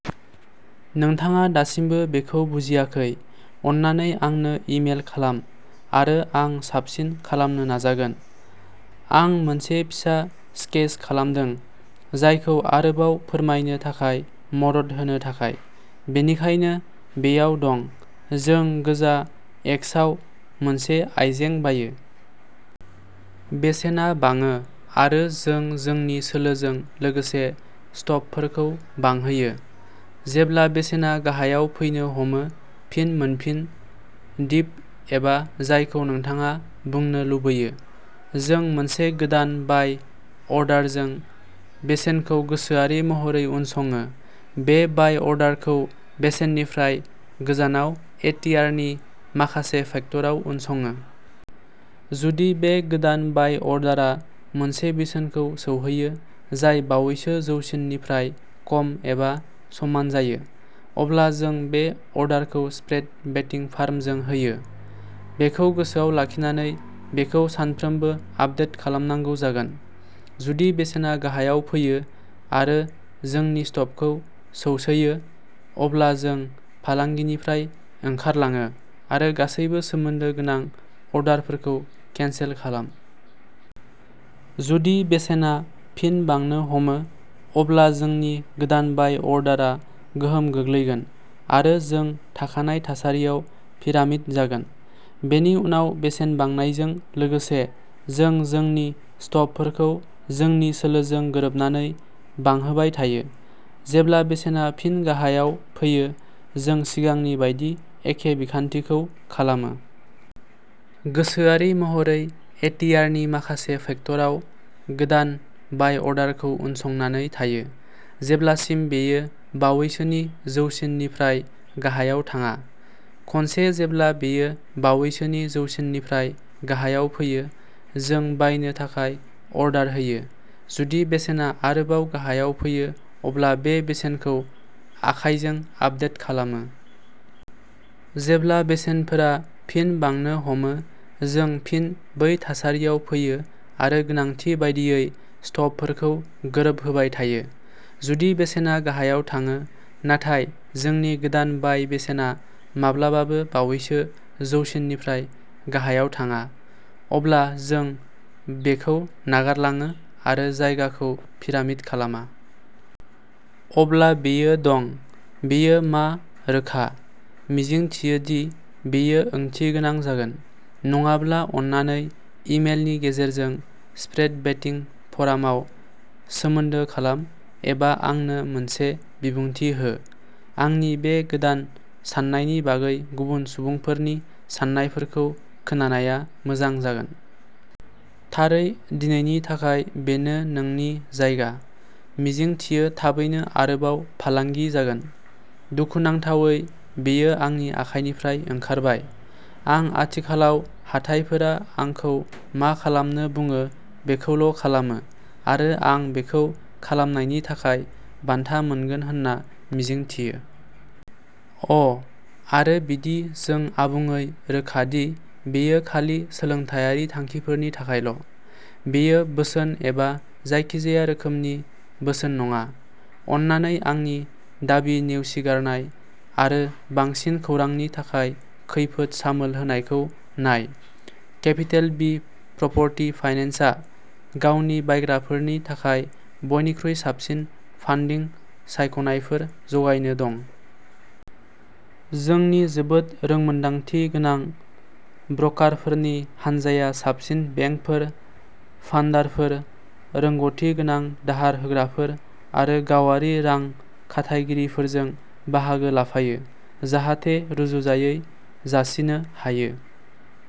नोंथाङा दासिमबो बेखौ बुजियाखै, अन्नानै आंनो इ-मेल खालाम आरो आं साबसिन खालामनो नाजागोन। आं मोनसे फिसा स्केच खालामदों, जायखौ आरोबाव फोरमायनो थाखाय मदद होनो थाखाय। बेनिखायनो बेयाव दं। जों गोजा एक्सआव मोनसे आइजें बायो। बेसेना बाङो आरो जों जोंनि सोलोजों लोगोसे स्टपफोरखौ बांहोयो। जेब्ला बेसेना गाहायाव फैनो हमो, फिन मोनफिन, दिप एबा जायखौ नोंथाङा बुंनो लुबैयो, जों मोनसे गोदान बाय अर्डारजों बेसेनखौ गोसोआरि महरै उनसङो। बे बाय अर्डारखौ बेसेननिफ्राय गोजानाव ए ति आर नि माखासे फैक्टरआव उनसङो। जुदि बे गोदान बाय अर्डारआ मोनसे बेसेनखौ सौहैयो जाय बावैसोनि जौसिननिफ्राय खम एबा समान जायो, अब्ला जों बे अर्डारखौ स्प्रेड बेटिं फार्मजों होयो, बेखौ गोसोआव लाखिनानै बेखौ सानफ्रोमबो आपडेट खालामनांगौ जागोन। जुदि बेसेना गाहायाव फैयो आरो जोंनि स्टपखौ सौसैयो, अब्ला जों फालांगिनिफ्राय ओंखारलाङो आरो गासैबो सोमोन्दो गोनां अर्डारफोरखौ केनसेल खालाम। जुदि बेसेनआ फिन बांनो हमो, अब्ला जोंनि गोदान बाय अर्डारआ गोहोम गोग्लैगोन आरो जों थाखानाय थासारियाव पिरामिड जागोन। बेनि उनाव बेसेन बांनायजों लोगोसे जों जोंनि स्टपफोरखौ जोंनि सोलोजों गोरोबनानै बांहोबाय थायो। जेब्ला बेसेना फिन गाहायाव फैयो, जों सिगांनि बायदि एखे बिखान्थिखौ खालामो। गोसोआरि महरै ए ति आर नि माखासे फैक्टरआव गोदान बाय अर्डारखौ उनसंनानै थायो जेब्लासिम बेयो बावैसोनि जौसिननिफ्राय गाहायाव थाङा। खनसे जेब्ला बेयो बावैसोनि जौसिननिफ्राय गाहायाव फैयो, जों बायनो थाखाय अर्डार होयो, जुदि बेसेना आरोबाव गाहायाव फैयो अब्ला बे बेसेनखौ आखाइजों आपडेट खालामो। जेब्ला बेसेनफोरा फिन बांनो हमो, जों फिन बै थासारियाव फैयो आरो गोनांथि बायदियै स्टपफोरखौ गोरोबहोबाय थायो। जुदि बेसेना गाहायाव थाङो नाथाय जोंनि गोदान बाय बेसेना माब्लाबाबो बावैसोनि जौसिननिफ्राय गाहायाव थाङा, अब्ला जों बेखौ नागारलाङो आरो जायगाखौ पिरामिड खालामा। अब्ला बेयो दं। बेयो मा "रोखा। ".. मिजिंथियो दि बेयो ओंथिगोनां जागोन। नङाब्ला अन्नानै ई-मेलनि गेजेरजों, स्प्रेड बेटिं फ'रामाव सोमोन्दो खालाम एबा आंनो मोनसे बिबुंथि हो। आंनि बे गोदान साननायनि बागै गुबुन सुबुंफोरनि साननायफोरखौ खोनानाया मोजां जागोन। थारै दिनैनि थाखाय बेनो नोंनि जायगा। मिजिंथियो थाबैनो आरोबाव फालांगि जागोन, दुखुनांथावै बेयो आंनि आखाइनिफ्राय ओंखारबाय। आं आथिखालाव हाथाइफोरा आंखौ मा खालामनो बुङो बेखौल'खालामो आरो आं बेखौ खालामनायनि थाखाय बान्था मोनगोन होनना मिजिंथियो। अ'आरो बिदि जों आबुङै रोखा दि बेयो खालि सोलोंथायारि थांखिफोरनि थाखायल'। बेयो बोसोन एबा जायखिजाया रोखोमनि बोसोन नङा। अन्नानै आंनि दाबि नेवसिगारनाय आरो बांसिन खौरांनि थाखाय खैफोद सामोल होनायखौ नाय। केपिटेल बि प्रप'र्टि फाइनेन्सआ गावनि बायग्राफोरनि थाखाय बयनिख्रुइ साबसिन फान्डिं सायख'नायफोर जगायनो दं। जोंनि जोबोद रोंमोनदांथि गोनां ब्र'कारफोरनि हानजाया साबसिन बेंकफोर, फान्डारफोर, रोंग'थि गोनां दाहार होग्राफोर आरो गावारि रां खाथायगिरिफोरजों बाहागो लाफायो जाहाथे रुजुजायै जासिनो हायो।